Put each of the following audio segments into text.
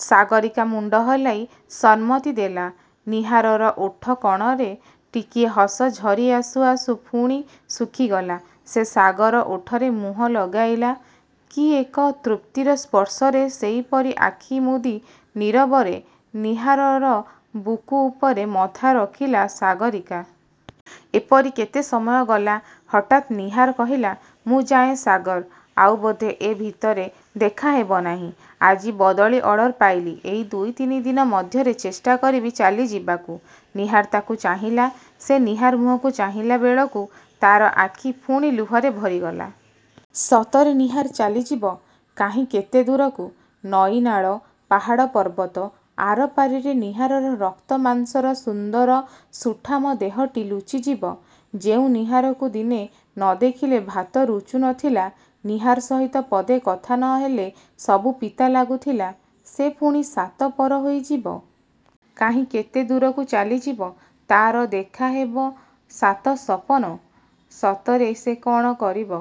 '' ସାଗରୀକା ମୁଣ୍ଡ ହଲାଇ ସମ୍ମତି ଦେଲା। ନୀହାରର ଓଠ କଣରେ ଟିକିଏ ହସ ଝରି ଆସୁ ଆସୁ ପୁଣି ଶୁଖିଗଲା। ସେ ସାଗରର ଓଠରେ ମୁହଁ ଲଗାଇଲା। କି ଏକ ତୃପ୍ତିର ସ୍ପର୍ଶରେ ସେଇପରି ଆଖି ମୁଦି ନୀରବରେ ନୀହାରର ବୁକୁ ଉପରେ ମଥା ରଖିଲା ସାଗରୀକା। ଏଇପରି କେତେ ସମୟ ଗଲା। ହଠାତ୍ ନୀହାର କହିଲା–''ମୁଁ ଯାଏ ସାଗର। ଆଉ ବୋଧେ ଏ ଭିତରେ ଦେଖା ହେବନାହିଁ। ଆଜି ବଦଳି ଅର୍ଡ଼ର ପାଇଲି। ଏଇ ଦୁଇ ତିନି ଦିନ ମଧ୍ୟରେ ଚେଷ୍ଟା କରିବି ଚାଲି ଯିବାକୁ। '' ନୀହାର ତାକୁ ଚାହିଁଲା। ସେ ନୀହାର ମୁହଁକୁ ଚାହିଁଲା ବେଳକୁ ତା'ର ଆଖି ପୁଣି ଲୁହରେ ଭରିଗଲା। ସତରେ ନୀହାର ଚାଲିଯିବ। କାହିଁ କେତେ ଦୂରକୁ। ନଈ ନାଳ, ପାହାଡ଼ ପର୍ବତ ଆର ପାରିରେ ନୀହାରର ରକ୍ତ ମାଂସର ସୁନ୍ଦର ସୁଠାମ ଦେହଟି ଲୁଚିଯିବ। ଯେଉଁ ନୀହାରକୁ ଦିନେ ନ ଦେଖିଲେ ଭାତ ରୁଚୁ ନଥିଲା, ନୀହାର ସହିତ ପଦେ କଥା ନ ହେଲେ ସବୁ ପିତା ଲାଗୁଥିଲା; ସେ ପୁଣି ସାତ ପର ହୋଇଯିବ। କାହିଁ କେତେ ଦୂରକୁ ଚାଲିଯିବ। ତା'ର ଦେଖାହେବ ସାତ-ସପନ। ସତରେ ସେ କ'ଣ କରିବ?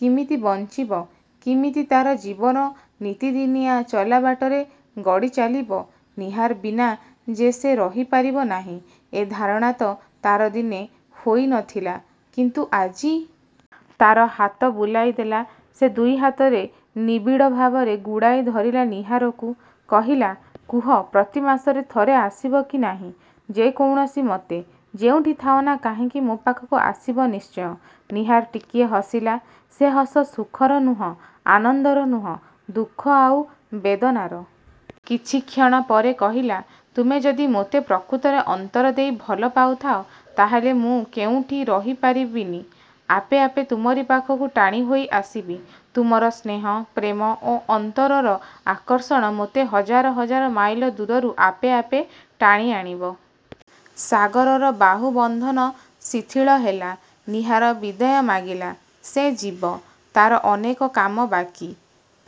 କିମିତି ବଞ୍ଚିବ? କିମିତି ତା'ର ଜୀବନ ନିତିଦିନିଆଁ ଚଲାବାଟରେ ଗଡ଼ି ଚାଲିବ? ନୀହାର ବିନା ଯେ ସେ ରହିପାରିବ ନାହିଁ; ଏ ଧାରଣା ତ ତା'ର ଦିନେ ହୋଇନଥିଲା। କିନ୍ତୁ ଆଜି? ତା'ର ମୁଣ୍ଡ ବୁଲାଇ ଦେଲା। ସେ ଦୁଇ ହାତରେ ନିବିଡ଼ ଭାବରେ ଗୁଡ଼ାଇ ଧରିଲା ନୀହାରକୁ। କହିଲା–''କୁହ–ପ୍ରତି ମାସରେ ଥରେ ଆସିବ କି ନାଇଁ। ଯେକୌଣସି ମତେ, ଯେଉଁଠି ଥାଅ ନା କାହିଁକି ମୋ ପାଖକୁ ଆସିବ–ନିଶ୍ଚୟ। '' ନୀହାର ଟିକିଏ ହସିଲା। ସେ ହସ ସୁଖର ନୁହଁ; ଆନନ୍ଦର ନୁହଁ–ଦୁଃଖ ଆଉ ବେଦନାର। କିଛି କ୍ଷଣ ପରେ କହିଲା–''ତୁମେ ଯଦି ମୋତେ ପ୍ରକୃତରେ ଅନ୍ତର ଦେଇ ଭଲ ପାଉଥାଅ–ତା'ହେଲେ ମୁଁ କେଉଁଠି ରହିପାରିବିନି। ଆପେ ଆପେ ତୁମରି ପାଖକୁ ଟାଣିହୋଇ ଆସିବି। ତୁମର ସ୍ନେହ, ପ୍ରେମ ଓ ଅନ୍ତରର ଆକର୍ଷଣ ମୋତେ ହଜାର ହଜାର ମାଇଲ ଦୂରରୁ ଆପେ ଆପେ ଟାଣି ଆଣିବ। '' ସାଗରର ବାହୁ ବନ୍ଧନ ଶିଥିଳ ହେଲା। ନୀହାର ବିଦାୟ ମାଗିଲା। ସେ ଯିବ। ତା'ର ଅନେକ କାମ ବାକି।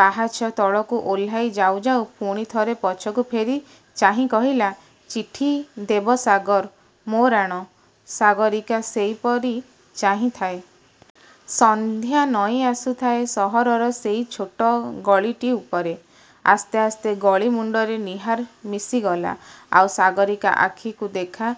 ପାହାଚ ତଳକୁ ଓହ୍ଲାଇ ଯାଉ ଯାଉ ପୁଣି ଥରେ ପଛକୁ ଫେରି ଚାହିଁ କହିଲା–''ଚିଠି ଦେବ ସାଗର–ମୋ ରାଣ। '' ସାଗରୀକା ସେଇପରି ଚାହିଁଥାଏ। ସନ୍ଧ୍ୟା ନଇଁ ଆସୁଥାଏ ସହରର ସେଇ ଛୋଟ ଗଳିଟି ଉପରେ। ଆସ୍ତେ ଆସ୍ତେ ଗଳି ମୁଣ୍ଡରେ ନୀହାର ମିଶିଗଲା। ଆଉ ସାଗରୀକା ଆଖିକୁ ଦେଖା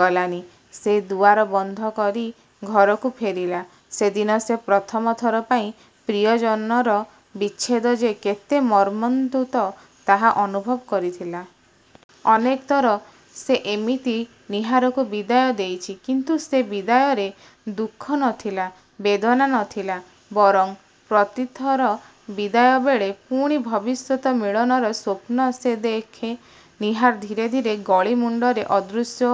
ଗଲାନି। ସେ ଦୁଆର ବନ୍ଦ କରି ଘରକୁ ଫେରିଲା। ସେଦିନ ସେ ପ୍ରଥମ ଥର ପାଇଁ ପ୍ରିୟଜନର ବିଚ୍ଛେଦ ଯେ କେତେ ମର୍ମନ୍ତୁଦ ତାହା ଅନୁଭବ କରିଥିଲା। ଅନେକଥର ସେ ଏମିତି ନୀହାରକୁ ବିଦାୟ ଦେଇଛି। କିନ୍ତୁ ସେ ବିଦାୟରେ ଦୁଃଖ ନଥିଲା, ବେଦନା ନଥିଲା। ବରଂ ପ୍ରତିଥର ବିଦାୟ ବେଳେ ପୁଣି ଭବିଷ୍ୟତ ମିଳନର ସ୍ୱପ୍ନ ସେ ଦେଖେ। ନୀହାର ଧୀରେ ଧୀରେ ଗଳି ମୁଣ୍ଡରେ ଅଦୃଶ୍ୟ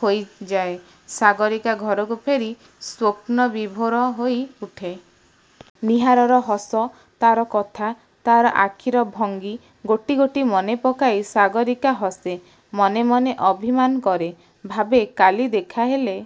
ହୋଇଯାଏ। ସାଗରୀକା ଘରକୁ ଫେରି ସ୍ୱପ୍ନ-ବିଭୋର ହୋଇ ଉଠେ। ନୀହାରର ହସ, ତା'ର କଥା, ତା'ର ଆଖିର ଭଙ୍ଗୀ ଗୋଟି ଗୋଟି ମନେପକାଇ ସାଗରୀକା ହସେ; ମନେମନେ ଅଭିମାନ କରେ। ଭାବେ–''କାଲି ଦେଖାହେଲେ